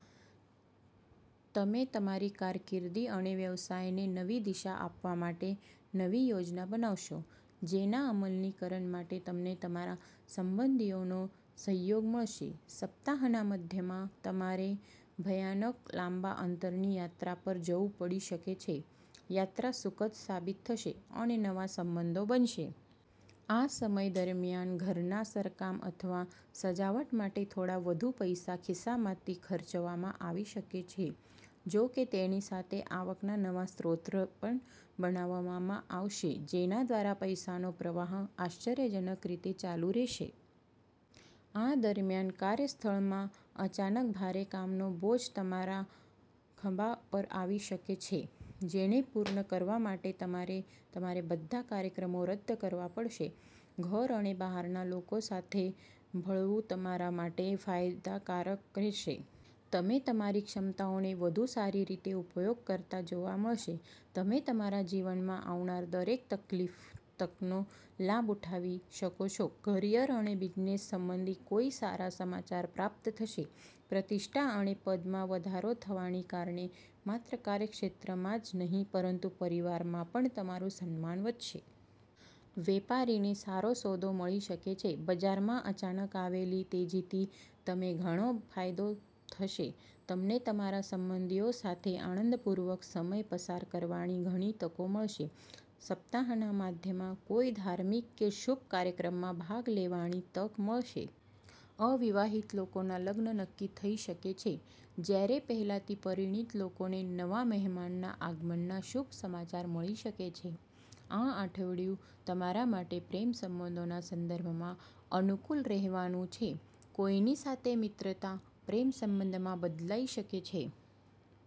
તમે તમારી કારકિર્દી અને વ્યવસાયને નવી દિશા આપવા માટે નવી યોજના બનાવશો, જેના અમલીકરણ માટે તમને તમારા સંબંધીઓનો સહયોગ મળશે. સપ્તાહના મધ્યમાં તમારે અચાનક લાંબા અંતરની યાત્રા પર જવું પડી શકે છે. યાત્રા સુખદ સાબિત થશે અને નવા સંબંધો બનશે. આ સમય દરમિયાન, ઘરના સમારકામ અથવા સજાવટ માટે થોડા વધુ પૈસા ખિસ્સામાંથી ખર્ચવામાં આવી શકે છે, જો કે તેની સાથે આવકના નવા સ્ત્રોત પણ બનાવવામાં આવશે, જેના દ્વારા પૈસાનો પ્રવાહ આશ્ચર્યજનક રીતે ચાલુ રહેશે. આ દરમિયાન, કાર્યસ્થળમાં અચાનક ભારે કામનો બોજ તમારા ખભા પર આવી શકે છે, જેને પૂર્ણ કરવા માટે તમારે તમારા બધા કાર્યક્રમો રદ કરવા પડશે. ઘર અને બહારના લોકો સાથે ભળવું તમારા માટે ફાયદાકારક રહેશે. તમે તમારી ક્ષમતાઓનો વધુ સારી રીતે ઉપયોગ કરતા જોવા મળશે. તમે તમારા જીવનમાં આવનાર દરેક તકનો લાભ ઉઠાવી શકશો. કરિયર અને બિઝનેસ સંબંધિત કોઈ સારા સમાચાર પ્રાપ્ત થશે. પ્રતિષ્ઠા અને પદમાં વધારો થવાને કારણે માત્ર કાર્યક્ષેત્રમાં જ નહીં પરંતુ પરિવારમાં પણ તમારું સન્માન વધશે. વેપારીને સારો સોદો મળી શકે છે. બજારમાં અચાનક આવેલી તેજીથી તમને ઘણો ફાયદો થશે. તમને તમારા સંબંધીઓ સાથે આનંદપૂર્વક સમય પસાર કરવાની ઘણી તકો મળશે. સપ્તાહના મધ્યમાં કોઈ ધાર્મિક કે શુભ કાર્યક્રમમાં ભાગ લેવાની તક મળશે. અવિવાહિત લોકોના લગ્ન નક્કી થઈ શકે છે, જ્યારે પહેલાથી પરિણીત લોકોને નવા મહેમાનના આગમનના શુભ સમાચાર મળી શકે છે. આ અઠવાડિયું તમારા માટે પ્રેમ સંબંધોના સંદર્ભમાં અનુકૂળ રહેવાનું છે. કોઈની સાથે મિત્રતા પ્રેમ સંબંધમાં બદલાઈ શકે છે.